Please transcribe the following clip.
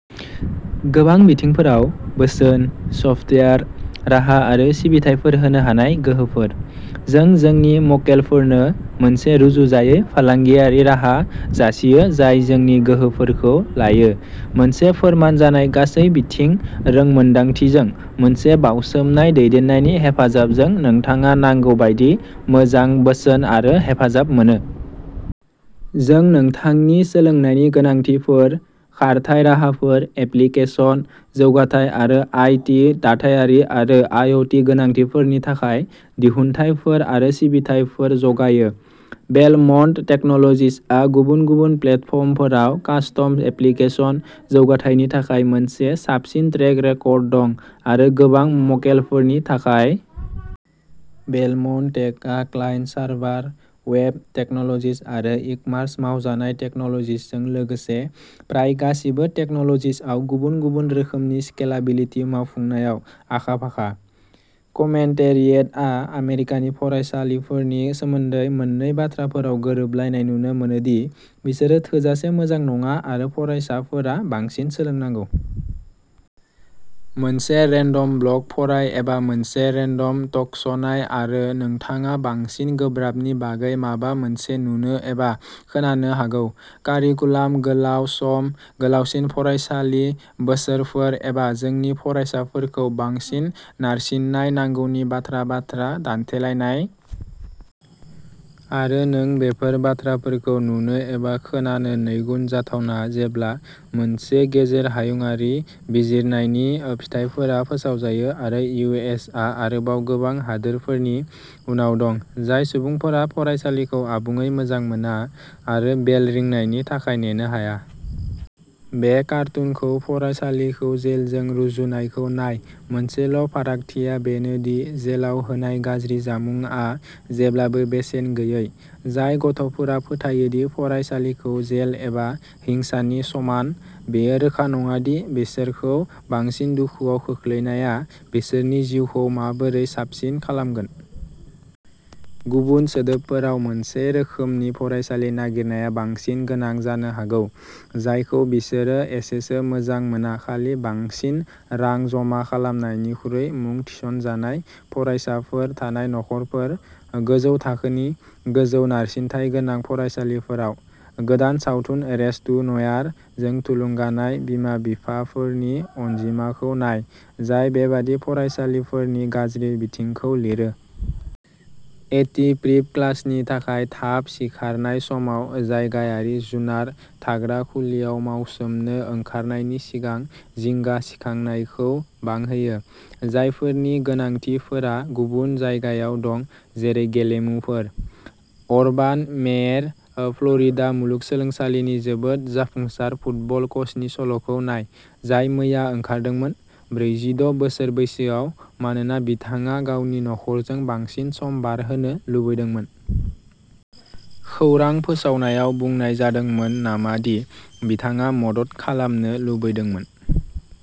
गोबां बिथिंफोराव बोसोन, सफ्टवेयार राहा आरो सिबिथायफोर होनो हानाय गोहोफोर। जों जोंनि मक्केलफोरनो मोनसे रुजुजायै फालांगियारि राहा जासियो जाय जोंनि गोहोफोरखौ लायो। मोनसे फोरमान जानाय गासै-बिथिं रोंमोन्दांथिजों मोनसे बाउसोमनाय दैदेननायनि हेफाजाबजों, नोंथाङा नांगौ बायदि मोजां बोसोन आरो हेफाजाब मोनो। जों नोंथांनि सोलोंनायनि गोनांथिफोर, खारथाइ राहाफोर, एप्लिकेसन जौगाथाय आरो आईटी दाथायारि आरो आईअ'टी गोनांथिफोरनि थाखाय दिहुनथायफोर आरो सिबिथाइफोर जगायो। बेलमन्ट टेक्न'ल'जिजहा गुबुन-गुबुन प्लेटफर्मफोराव कास्टम एप्लिकेशन जौगाथायनि थाखाय मोनसे साबसिन ट्रेक रेकर्ड दं, आरो गोबां मक्केलफोरनि थाखाय। बेलमन्ट टेकआ क्लायन्ट सार्भार, वेब टेक्न'ल'जिज आरो इकमार्स-मावजानाय टेक्न'ल'जिजजों लोगोसे प्राय गासिबो टेक्न'ल'जिजआव गुबुन-गुबुन रोखोमनि स्केलाबिलिटि मावफुंनायाव आखा-फाखा। कमेन्टेरियेटआ आमेरिकानि फरायसालिफोरनि सोमोन्दै मोननै बाथ्राफोराव गोरोबलायनाय नुनो मोनोः दि बिसोरो थोजासे मोजां नङा आरो फरायसाफोरा बांसिन सोलोंनांगौ। मोनसे रेन्डम ब्लग फराय एबा मोनसे रेन्डम टक श'नाय आरो नोंथाङा बांसिन गोब्राबनि बागै माबा मोनसे नुनो एबा खोनानो हागौ। कारिकुलाम, गोलाव सम, गोलावसिन फरायसालि बोसोरफोर, एबा जोंनि फरायसाफोरखौ बांसिन नारसिन्नाय नांगौनि बाथ्रा बाथ्रा दान्थेलायनाय। आरो नों बेफोर बाथ्राफोरखौ नुनो एबा खोनानो नैगुन जाथावना जेब्ला मोनसे गेजेर हायुंआरि बिजिरनायनि फिथायफोरा फोसावजायो आरो इउ. एस. आ आरोबाव गोबां हादोरफोरनि उनाव दं। जाय सुबुंफोरा फरायसालिखौ आबुङै मोजां मोना आरो बेल रिंनायनि थाखाय नेनो हाया। बे कार्टुनखौ फरायसालिखौ जेलजों रुजुनायखौ नाय... मोनसेल'फारागथिआ बेनो दि जेलाव होनाय गाज्रि जामुंआ जेब्लाबो बेसेन गैयै। जाय गथ'फोरा फोथायो दि फरायसालिखौ जेल एबा हिंसानि समान, बेयो रोखा नङा दि बिसोरखौ बांसिन दुखुआव खोख्लैनाया बिसोरनि जिउखौ माबोरै साबसिन खालामगोन। गुबुन सोदोबफोराव, मोनसे रोखोमनि फरायसालि नागिरनाया बांसिन गोनां जानो हागौ जायखौ बिसोरो एसेसो मोजां मोना खालि बांसिन रां जमा खालामनायनिखुरै। मुं थिसनजानाय फरायसाफोर थानाय नखरफोर। गोजौ थाखोनि, गोजौ-नारसिनथाय गोनां फरायसालिफोराव। गोदान सावथुन "रेस टु न'वेयार" जों थुलुंगानाय बिमा-बिफाफोरनि अनजिमाखौ नाय, जाय बेबादि फरायसालिफोरनि गाज्रि बिथिंखौ लिरो। ए. टि. प्रिप क्लासनि थाखाय थाब सिखारनाय समाव जायगायारि जुनार थाग्रा खुलियाव मावसोमनो ओंखारनायनि सिगां जिंगा सिखांनायखौ बांहोयो। जायफोरनि गोनांथिफोरा गुबुन जायगायाव दं-जेरै गेलेमुफोर। अरबान मेयेर, फ्ल'रिडा मुलुगसोलोंसालिनि जोबोद जाफुंसार फुटबल कचनि सल'खौ नाय, जाय मैया ओंखारदोंमोन-ब्रैजिद बोसोर बैसोआव-मानोना बिथाङा गावनि नखरजों बांसिन सम बारहोनो लुबैदोंमोन। खौरां फोसावनायाव बुंनाय जादोंमोन नामा दि बिथाङा मदद खालामनो लुबैदोंमोन?